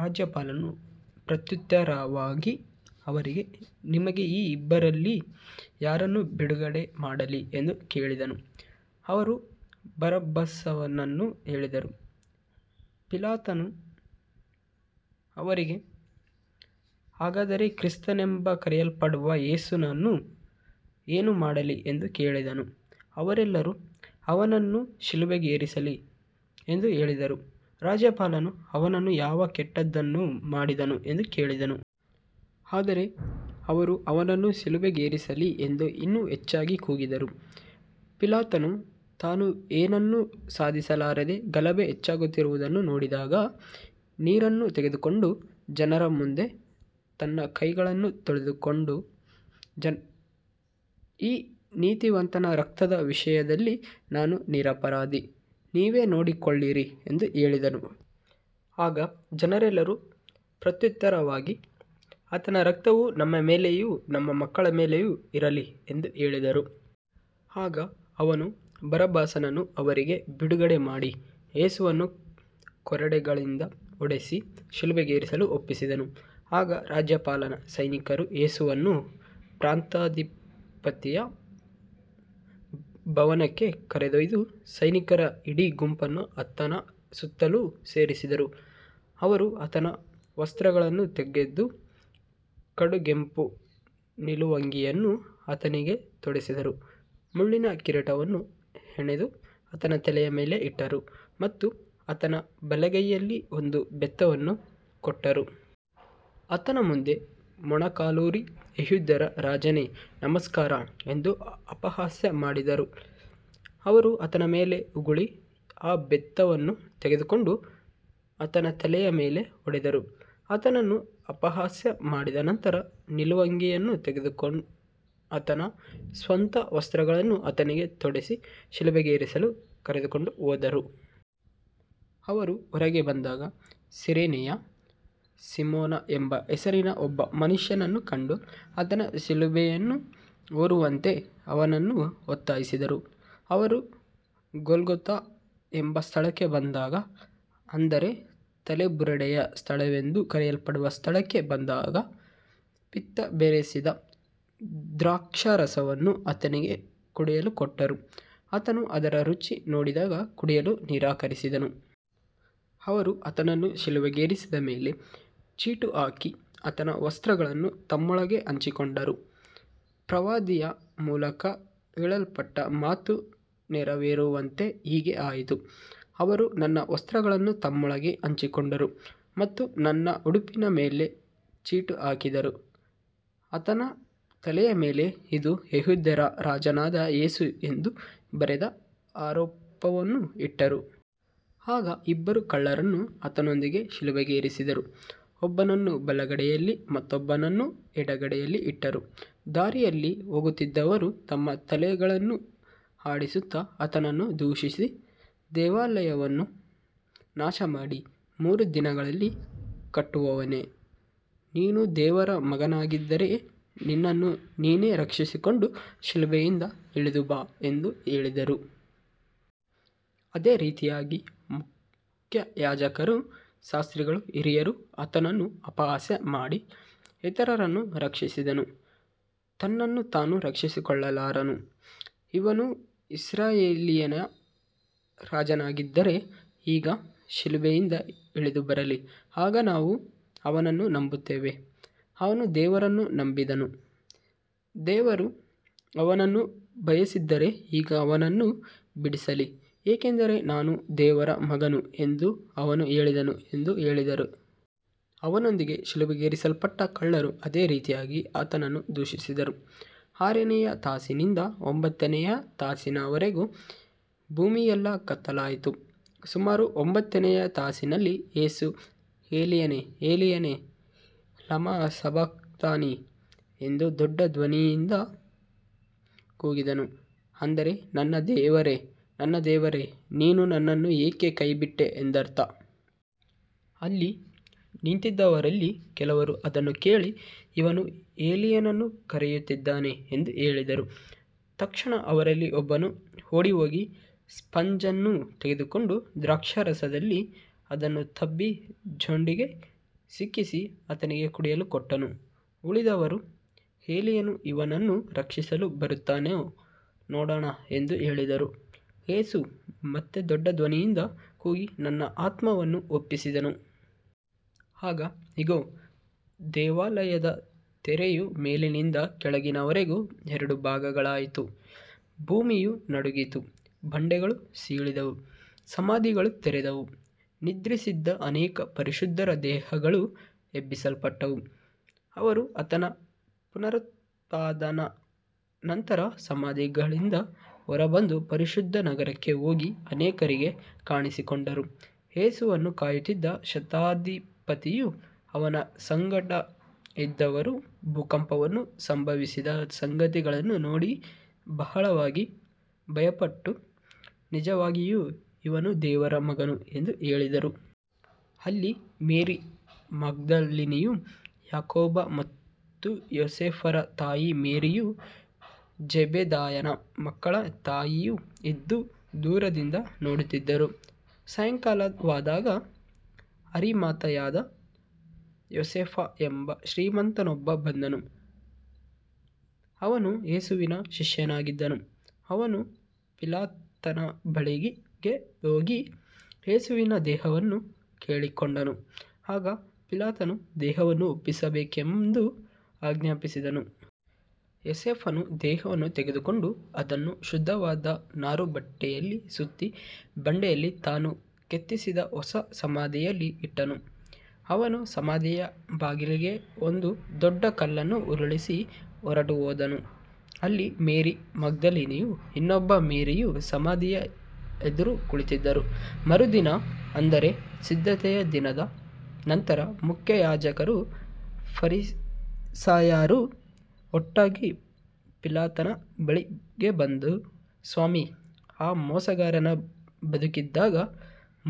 ರಾಜ್ಯಪಾಲನು ಪ್ರತ್ಯುತ್ತರವಾಗಿ ಅವರಿಗೆ, ನಿಮಗೆ ಈ ಇಬ್ಬರಲ್ಲಿ ಯಾರನ್ನು ಬಿಡುಗಡೆ ಮಾಡಲಿ ಎಂದು ಕೇಳಿದನು. ಅವರು ಬರಬ್ಬಾಸನನ್ನು ಹೇಳಿದರು. ಪಿಲಾತನು ಅವರಿಗೆ, ಹಾಗಾದರೆ ಕ್ರಿಸ್ತನೆಂದು ಕರೆಯಲ್ಪಡುವ ಯೇಸುವನ್ನು ಏನು ಮಾಡಲಿ ಎಂದು ಕೇಳಿದನು. ಅವರೆಲ್ಲರೂ, ಅವನನ್ನು ಶಿಲುಬೆಗೇರಿಸಲಿ ಎಂದು ಹೇಳಿದರು. ರಾಜ್ಯಪಾಲನು, ಅವನು ಯಾವ ಕೆಟ್ಟದ್ದನ್ನು ಮಾಡಿದನು ಎಂದು ಕೇಳಿದನು. ಆದರೆ ಅವರು, ಅವನನ್ನು ಶಿಲುಬೆಗೇರಿಸಲಿ ಎಂದು ಇನ್ನೂ ಹೆಚ್ಚಾಗಿ ಕೂಗಿದರು. ಪಿಲಾತನು ತಾನು ಏನನ್ನೂ ಸಾಧಿಸಲಾರದೆ ಗಲಭೆ ಹೆಚ್ಚಾಗುತ್ತಿರುವುದನ್ನು ನೋಡಿದಾಗ ನೀರನ್ನು ತೆಗೆದುಕೊಂಡು ಜನರ ಮುಂದೆ ತನ್ನ ಕೈಗಳನ್ನು ತೊಳೆದುಕೊಂಡು, ಈ ನೀತಿವಂತನ ರಕ್ತದ ವಿಷಯದಲ್ಲಿ ನಾನು ನಿರಪರಾಧಿ, ನೀವೇ ನೋಡಿಕೊಳ್ಳಿರಿ ಎಂದು ಹೇಳಿದನು. ಆಗ ಜನರೆಲ್ಲರೂ ಪ್ರತ್ಯುತ್ತರವಾಗಿ, ಆತನ ರಕ್ತವು ನಮ್ಮ ಮೇಲೆಯೂ ನಮ್ಮ ಮಕ್ಕಳ ಮೇಲೆಯೂ ಇರಲಿ ಎಂದು ಹೇಳಿದರು. ಆಗ ಅವನು ಬರಬ್ಬಾಸನನ್ನು ಅವರಿಗೆ ಬಿಡುಗಡೆಮಾಡಿ ಯೇಸುವನ್ನು ಕೊರಡೆಗಳಿಂದ ಹೊಡೆಸಿ ಶಿಲುಬೆಗೇರಿಸಲು ಒಪ್ಪಿಸಿದನು. ಆಗ ರಾಜ್ಯಪಾಲನ ಸೈನಿಕರು ಯೇಸುವನ್ನು ಪ್ರಾಂತಾಧಿಪತಿಯ ಭವನಕ್ಕೆ ಕರೆದೊಯ್ದು ಸೈನಿಕರ ಇಡೀ ಗುಂಪನ್ನು ಆತನ ಸುತ್ತಲೂ ಸೇರಿಸಿದರು. ಅವರು ಆತನ ವಸ್ತ್ರಗಳನ್ನು ತೆಗೆದು ಕಡುಗೆಂಪು ನಿಲುವಂಗಿಯನ್ನು ಆತನಿಗೆ ತೊಡಿಸಿದರು. ಮುಳ್ಳಿನ ಕಿರೀಟವನ್ನು ಹೆಣೆದು ಆತನ ತಲೆಯ ಮೇಲೆ ಇಟ್ಟರು ಮತ್ತು ಆತನ ಬಲಗೈಯಲ್ಲಿ ಒಂದು ಬೆತ್ತವನ್ನು ಕೊಟ್ಟರು. ಆತನ ಮುಂದೆ ಮೊಣಕಾಲೂರಿ, ಯೆಹೂದ್ಯರ ರಾಜನೇ, ನಮಸ್ಕಾರ ಎಂದು ಅಪಹಾಸ್ಯ ಮಾಡಿದರು. ಅವರು ಆತನ ಮೇಲೆ ಉಗುಳಿ ಆ ಬೆತ್ತವನ್ನು ತೆಗೆದುಕೊಂಡು ಆತನ ತಲೆಯ ಮೇಲೆ ಹೊಡೆದರು. ಆತನನ್ನು ಅಪಹಾಸ್ಯ ಮಾಡಿದ ನಂತರ ನಿಲುವಂಗಿಯನ್ನು ತೆಗೆದು ಆತನ ಸ್ವಂತ ವಸ್ತ್ರಗಳನ್ನು ಆತನಿಗೆ ತೊಡಿಸಿ, ಶಿಲುಬೆಗೇರಿಸಲು ಕರೆದುಕೊಂಡು ಹೋದರು. ಅವರು ಹೊರಗೆ ಬಂದಾಗ ಸಿರೇನೆಯ ಸೀಮೋನ ಎಂಬ ಹೆಸರಿನ ಒಬ್ಬ ಮನುಷ್ಯನನ್ನು ಕಂಡು, ಆತನ ಶಿಲುಬೆಯನ್ನು ಹೊರುವಂತೆ ಅವನನ್ನು ಒತ್ತಾಯಿಸಿದರು. ಅವರು ಗೊಲ್ಗೊಥಾ ಎಂಬ ಸ್ಥಳಕ್ಕೆ ಬಂದಾಗ, ಅಂದರೆ ತಲೆಬುರುಡೆಯ ಸ್ಥಳವೆಂದು ಕರೆಯಲ್ಪಡುವ ಸ್ಥಳಕ್ಕೆ ಬಂದಾಗ, ಪಿತ್ತ ಬೆರೆಸಿದ ದ್ರಾಕ್ಷಾರಸವನ್ನು ಆತನಿಗೆ ಕುಡಿಯಲು ಕೊಟ್ಟರು. ಆತನು ಅದರ ರುಚಿ ನೋಡಿದಾಗ ಕುಡಿಯಲು ನಿರಾಕರಿಸಿದನು. ಅವರು ಆತನನ್ನು ಶಿಲುಬೆಗೇರಿಸಿದ ಮೇಲೆ ಚೀಟು ಹಾಕಿ ಆತನ ವಸ್ತ್ರಗಳನ್ನು ತಮ್ಮೊಳಗೆ ಹಂಚಿಕೊಂಡರು. ಪ್ರವಾದಿಯ ಮೂಲಕ ಹೇಳಲ್ಪಟ್ಟ ಮಾತು ನೆರವೇರುವಂತೆ ಹೀಗೆ ಆಯಿತು, ಅವರು ನನ್ನ ವಸ್ತ್ರಗಳನ್ನು ತಮ್ಮೊಳಗೆ ಹಂಚಿಕೊಂಡರು ಮತ್ತು ನನ್ನ ಉಡುಪಿನ ಮೇಲೆ ಚೀಟು ಹಾಕಿದರು. ಆತನ ತಲೆಯ ಮೇಲೆ, ಇದು ಯೆಹೂದ್ಯರ ರಾಜನಾದ ಯೇಸು ಎಂದು ಬರೆದ ಆರೋಪವನ್ನು ಇಟ್ಟರು. ಆಗ ಇಬ್ಬರು ಕಳ್ಳರನ್ನು ಆತನೊಂದಿಗೆ ಶಿಲುಬೆಗೇರಿಸಿದರು, ಒಬ್ಬನನ್ನು ಬಲಗಡೆಯಲ್ಲಿ ಮತ್ತೊಬ್ಬನನ್ನು ಎಡಗಡೆಯಲ್ಲಿ ಇಟ್ಟರು. ದಾರಿಯಲ್ಲಿ ಹೋಗುತ್ತಿದ್ದವರು ತಮ್ಮ ತಲೆಗಳನ್ನು ಆಡಿಸುತ್ತಾ ಆತನನ್ನು ದೂಷಿಸಿ, ದೇವಾಲಯವನ್ನು ನಾಶಮಾಡಿ ಮೂರು ದಿನಗಳಲ್ಲಿ ಕಟ್ಟುವವನೇ, ನೀನು ದೇವರ ಮಗನಾಗಿದ್ದರೆ ನಿನ್ನನ್ನು ನೀನೇ ರಕ್ಷಿಸಿಕೊಂಡು ಶಿಲುಬೆಯಿಂದ ಇಳಿದು ಬಾ ಎಂದು ಹೇಳಿದರು. ಅದೇ ರೀತಿಯಾಗಿ ಮುಖ್ಯಯಾಜಕರೂ ಶಾಸ್ತ್ರಿಗಳೂ ಹಿರಿಯರೂ ಆತನನ್ನು ಅಪಹಾಸ್ಯ ಮಾಡಿ, ಇತರರನ್ನು ರಕ್ಷಿಸಿದನು, ತನ್ನನ್ನು ತಾನು ರಕ್ಷಿಸಿಕೊಳ್ಳಲಾರನು. ಇವನು ಇಸ್ರಾಯೇಲಿನ ರಾಜನಾಗಿದ್ದರೆ ಈಗ ಶಿಲುಬೆಯಿಂದ ಇಳಿದು ಬರಲಿ, ಆಗ ನಾವು ಅವನನ್ನು ನಂಬುತ್ತೇವೆ. ಅವನು ದೇವರನ್ನು ನಂಬಿದ್ದನು, ದೇವರು ಅವನನ್ನು ಬಯಸಿದ್ದರೆ ಈಗ ಅವನನ್ನು ಬಿಡಿಸಲಿ, ಏಕೆಂದರೆ ನಾನು ದೇವರ ಮಗನು ಎಂದು ಅವನು ಹೇಳಿದನು ಎಂದು ಹೇಳಿದರು. ಅವನೊಂದಿಗೆ ಶಿಲುಬೆಗೇರಿಸಲ್ಪಟ್ಟ ಕಳ್ಳರೂ ಅದೇ ರೀತಿಯಾಗಿ ಆತನನ್ನು ದೂಷಿಸಿದರು. ಆರನೆಯ ತಾಸಿನಿಂದ ಒಂಬತ್ತನೆಯ ತಾಸಿನವರೆಗೆ ಭೂಮಿಯೆಲ್ಲಾ ಕತ್ತಲಾಯಿತು. ಸುಮಾರು ಒಂಬತ್ತನೆಯ ತಾಸಿನಲ್ಲಿ ಯೇಸು, ಏಲೀಯನೇ, ಏಲೀಯನೇ, ಲಮಾ ಸಬಕ್ತಾನಿ ಎಂದು ದೊಡ್ಡ ಧ್ವನಿಯಿಂದ ಕೂಗಿದನು, ಅಂದರೆ ನನ್ನ ದೇವರೇ, ನನ್ನ ದೇವರೇ, ನೀನು ನನ್ನನ್ನು ಏಕೆ ಕೈಬಿಟ್ಟೆ ಎಂಬರ್ಥ. ಅಲ್ಲಿ ನಿಂತಿದ್ದವರಲ್ಲಿ ಕೆಲವರು ಅದನ್ನು ಕೇಳಿ, ಇವನು ಏಲೀಯನನ್ನು ಕರೆಯುತ್ತಿದ್ದಾನೆ ಎಂದು ಹೇಳಿದರು. ತಕ್ಷಣ ಅವರಲ್ಲಿ ಒಬ್ಬನು ಓಡಿಹೋಗಿ ಸ್ಪಂಜನ್ನು ತೆಗೆದುಕೊಂಡು ದ್ರಾಕ್ಷಾರಸದಲ್ಲಿ ಅದನ್ನು ತುಂಬಿ ಜೊಂಡಿಗೆ ಸಿಕ್ಕಿಸಿ ಆತನಿಗೆ ಕುಡಿಯಲು ಕೊಟ್ಟನು. ಉಳಿದವರು, ಏಲೀಯನು ಇವನನ್ನು ರಕ್ಷಿಸಲು ಬರುತ್ತಾನೋ ನೋಡೋಣ ಎಂದು ಹೇಳಿದರು. ಯೇಸು ಮತ್ತೆ ದೊಡ್ಡ ಧ್ವನಿಯಿಂದ ಕೂಗಿ ತನ್ನ ಆತ್ಮವನ್ನು ಒಪ್ಪಿಸಿದನು. ಆಗ ಇಗೋ, ದೇವಾಲಯದ ತೆರೆಯು ಮೇಲಿನಿಂದ ಕೆಳಗಿನವರೆಗೆ ಎರಡು ಭಾಗಗಳಾಯಿತು, ಭೂಮಿಯು ನಡುಗಿತು, ಬಂಡೆಗಳು ಸೀಳಿದವು, ಸಮಾಧಿಗಳು ತೆರೆದವು. ನಿದ್ರಿಸಿದ್ದ ಅನೇಕ ಪರಿಶುದ್ಧರ ದೇಹಗಳು ಎಬ್ಬಿಸಲ್ಪಟ್ಟವು. ಅವರು ಆತನ ಪುನರುತ್ಥಾನದ ನಂತರ ಸಮಾಧಿಗಳಿಂದ ಹೊರಬಂದು ಪರಿಶುದ್ಧ ನಗರಕ್ಕೆ ಹೋಗಿ ಅನೇಕರಿಗೆ ಕಾಣಿಸಿಕೊಂಡರು. ಯೇಸುವನ್ನು ಕಾಯುತ್ತಿದ್ದ ಶತಾಧಿಪತಿಯೂ ಅವನ ಸಂಗಡ ಇದ್ದವರೂ ಭೂಕಂಪವನ್ನೂ ಸಂಭವಿಸಿದ ಸಂಗತಿಗಳನ್ನೂ ನೋಡಿ ಬಹಳವಾಗಿ ಭಯಪಟ್ಟು, ನಿಜವಾಗಿಯೂ ಇವನು ದೇವರ ಮಗನು ಎಂದು ಹೇಳಿದರು. ಅಲ್ಲಿ ಮೇರಿ ಮಗ್ದಲಿನಿಯೂ, ಯಾಕೋಬ ಮತ್ತು ಯೋಸೇಫರ ತಾಯಿ ಮೇರಿಯೂ, ಜೆಬೆದಾಯನ ಮಕ್ಕಳ ತಾಯಿಯೂ ಇದ್ದು ದೂರದಿಂದ ನೋಡುತ್ತಿದ್ದರು. ಸಾಯಂಕಾಲವಾದಾಗ ಅರಿಮಥಾಯದ ಯೋಸೇಫ ಎಂಬ ಶ್ರೀಮಂತನೊಬ್ಬನು ಬಂದನು, ಅವನೂ ಯೇಸುವಿನ ಶಿಷ್ಯನಾಗಿದ್ದನು. ಅವನು ಪಿಲಾತನ ಬಳಿಗೆ ಹೋಗಿ ಯೇಸುವಿನ ದೇಹವನ್ನು ಕೇಳಿಕೊಂಡನು. ಆಗ ಪಿಲಾತನು ದೇಹವನ್ನು ಒಪ್ಪಿಸಬೇಕೆಂದು ಆಜ್ಞಾಪಿಸಿದನು. ಯೋಸೇಫನು ದೇಹವನ್ನು ತೆಗೆದುಕೊಂಡು ಅದನ್ನು ಶುದ್ಧವಾದ ನಾರುಬಟ್ಟೆಯಲ್ಲಿ ಸುತ್ತಿ, ಬಂಡೆಯಲ್ಲಿ ತಾನು ಕೆತ್ತಿಸಿದ್ದ ಹೊಸ ಸಮಾಧಿಯಲ್ಲಿ ಇಟ್ಟನು. ಅವನು ಸಮಾಧಿಯ ಬಾಗಿಲಿಗೆ ಒಂದು ದೊಡ್ಡ ಕಲ್ಲನ್ನು ಉರುಳಿಸಿ ಹೊರಟುಹೋದನು. ಅಲ್ಲಿ ಮೇರಿ ಮಗ್ದಲಿನಿಯೂ ಇನ್ನೊಬ್ಬ ಮೇರಿಯೂ ಸಮಾಧಿಯ ಎದುರು ಕುಳಿತಿದ್ದರು. ಮರುದಿನ, ಅಂದರೆ ಸಿದ್ಧತೆಯ ದಿನದ ನಂತರ, ಮುಖ್ಯಯಾಜಕರೂ ಫರಿಸಾಯರೂ ಒಟ್ಟಾಗಿ ಪಿಲಾತನ ಬಳಿಗೆ ಬಂದು, ಸ್ವಾಮಿ, ಆ ಮೋಸಗಾರನು ಬದುಕಿದ್ದಾಗ,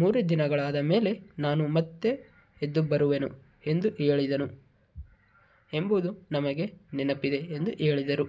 ಮೂರು ದಿನಗಳಾದ ಮೇಲೆ ನಾನು ಮತ್ತೆ ಎದ್ದುಬರುವೆನು ಎಂದು ಹೇಳಿದ್ದನು ಎಂಬುದು ನಮಗೆ ನೆನಪಿದೆ ಎಂದು ಹೇಳಿದರು.